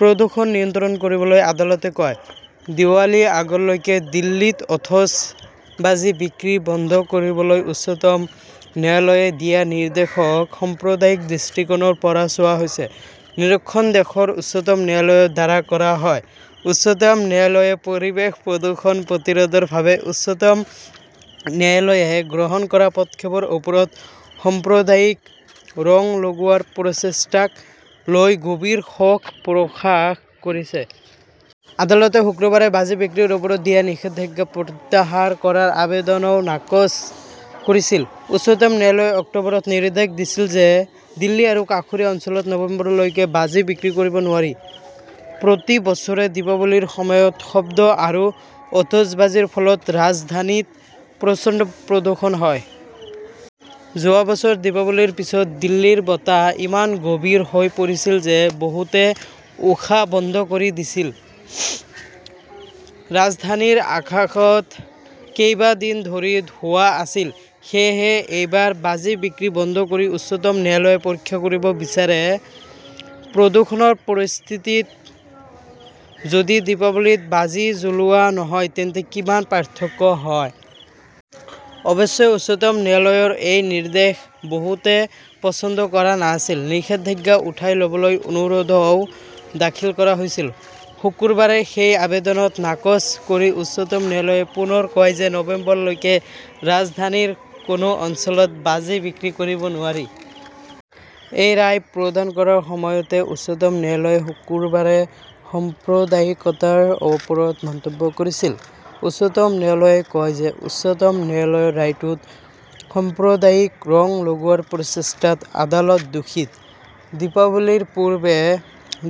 প্ৰদূষণ নিয়ন্ত্ৰণ কৰিবলৈ আদালতে কয়, দিৱালী আগলৈকে দিল্লীত অতচ বাজি বিক্ৰী বন্ধ কৰিবলৈ উচ্চতম ন্যায়ালয়ে দিয়া নিৰ্দেশক সাম্প্ৰদায়িক দৃষ্টিকোণৰ পৰা চোৱা হৈছে। নিৰীক্ষণ দেশৰ উচ্চতম ন্যায়ালয়ৰ দ্বাৰা কৰা হয়। উচ্চতম ন্যায়ালয়ে পৰিৱেশ প্ৰদূষণ প্ৰতিৰোধৰ বাবে উচ্চতম ন্যায়ালয়ে গ্ৰহণ কৰা পদক্ষেপৰ ওপৰত সাম্প্ৰদায়িক ৰং লগোৱাৰ প্ৰচেষ্টাক লৈ গভীৰ শোক প্ৰকাশ কৰিছে। আদালতে শুকুৰবাৰে বাজি বিক্ৰীৰ ওপৰত দিয়া নিষেধাজ্ঞা প্ৰত্যাহাৰ কৰাৰ আবেদনও নাকচ কৰিছিল। উচ্চতম ন্যায়ালয়ে অক্টোবৰত নিৰ্দেশ দিছিল যে, দিল্লী আৰু কাষৰীয়া অঞ্চলত নৱেম্বৰলৈকে বাজি বিক্ৰী কৰিব নোৱাৰি প্ৰতি বছৰে দীপাৱলীৰ সময়ত শব্দ আৰু অতচবাজীৰ ফলত ৰাজধানীত প্ৰচণ্ড প্ৰদূষণ হয়। যোৱা বছৰ দীপাৱলীৰ পিছত দিল্লীৰ বতাহ ইমান গভিৰ হৈ পৰিছিল যে বহুতে উশাহ বন্ধ কৰি দিছিল। ৰাজধানীৰ আকাশত কেইবা দিন ধৰি ধোঁৱা আছিল। সেয়েহে এইবাৰ বাজি বিক্ৰী বন্ধ কৰি উচ্চতম ন্যায়ালয়ে পৰীক্ষা কৰিব বিচাৰে, প্ৰদূষণৰ পৰিস্থিতিত যদি দীপাৱলীত বাজি জ্বলোৱা নহয় তেন্তে কিমান পাৰ্থক্য হয়। অৱশ্যে, উচ্চতম ন্যায়ালয়ৰ এই নিৰ্দেশ বহুতে পচন্দ কৰা নাছিল। নিষেধাজ্ঞা উঠাই ল'বলৈ অনুৰোধও দাখিল কৰা হৈছিল। শুকুৰবাৰে সেই আবেদনত নাকচ কৰি উচ্চতম ন্যায়ালয়ে পুনৰ কয় যে নৱেম্বৰলৈকে ৰাজধানীৰ কোনো অঞ্চলত বাজি বিক্ৰী কৰিব নোৱাৰি। এই ৰায় প্ৰদান কৰাৰ সময়তে উচ্চতম ন্যায়ালয়ে শুকুৰবাৰে সাম্প্ৰদায়িকতাৰ ওপৰত মন্তব্য কৰিছিল। উচ্চতম ন্যায়ালয়ে কয় যে, উচ্চতম ন্যায়ালয়ৰ ৰায়টোত সাম্প্ৰদায়িক ৰং লগোৱাৰ প্ৰচেষ্টাত আদালত দুখিত। দীপাৱলীৰ পূৰ্বে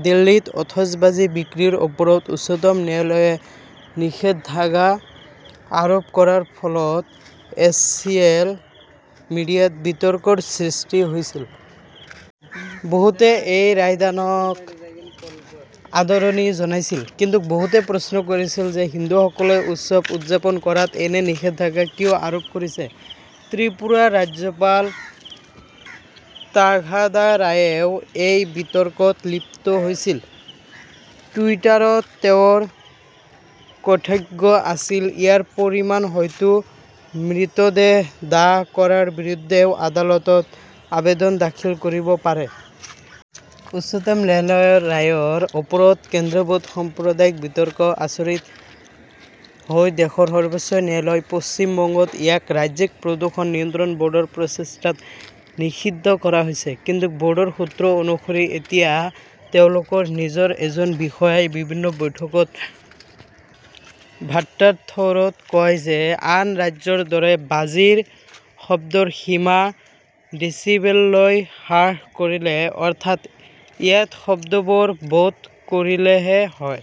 দিল্লীত অতচ বাজি বিক্ৰীৰ ওপৰত উচ্চতম ন্যায়ালয়ে নিষেধাজ্ঞা আৰোপ কৰাৰ ফলত ছ'চিয়েল মিডিয়াত বিতৰ্কৰ সৃষ্টি হৈছিল। বহুতে এই ৰায়দানক আদৰণি জনাইছিল। কিন্তু বহুতে প্ৰশ্ন কৰিছিল যে হিন্দুসকলে উৎসৱ উদযাপন কৰাত এনে নিষেধাজ্ঞা কিয় আৰোপ কৰিছে? ত্ৰিপুৰাৰ ৰাজ্যপাল তাগাথা ৰায়েও এই বিতৰ্কত লিপ্ত হৈছিল। টুইটাৰত তেওঁৰ কথক্ষ আছিল-ইয়াৰ পৰিমাণ হয়তো মৃতদেহ দাহ কৰাৰ বিৰুদ্ধেও আদালতত আবেদন দাখিল কৰিব পাৰে। উচ্চতম ন্যায়ালয়ৰ ৰায়ৰ ওপৰত কেন্দ্ৰীভূত সাম্প্ৰদায়িক বিতৰ্কত আচৰিত হৈ দেশৰ সৰ্বোচ্চ ন্যায়ালয়। পশ্চিম বংগত ইয়াক ৰাজ্যিক প্ৰদূষণ নিয়ন্ত্ৰণ ব'ৰ্ডৰ প্ৰচেষ্টাত নিষিদ্ধ কৰা হৈছে। কিন্তু ব ৰ্ডৰ সূত্ৰ অনুসৰি, এতিয়া তেওঁলোকৰ নিজৰ এজন বিষয়াই বিভিন্ন বৈঠকত ভাট্টাথোৰত কয় যে আন ৰাজ্যৰ দৰে বাজিৰ শব্দৰ সীমা ডেছিবেললৈ হ্ৰাস কৰিলে, অৰ্থাৎ ইয়াত শব্দবোৰ বৈধ কৰিলেহে হয়।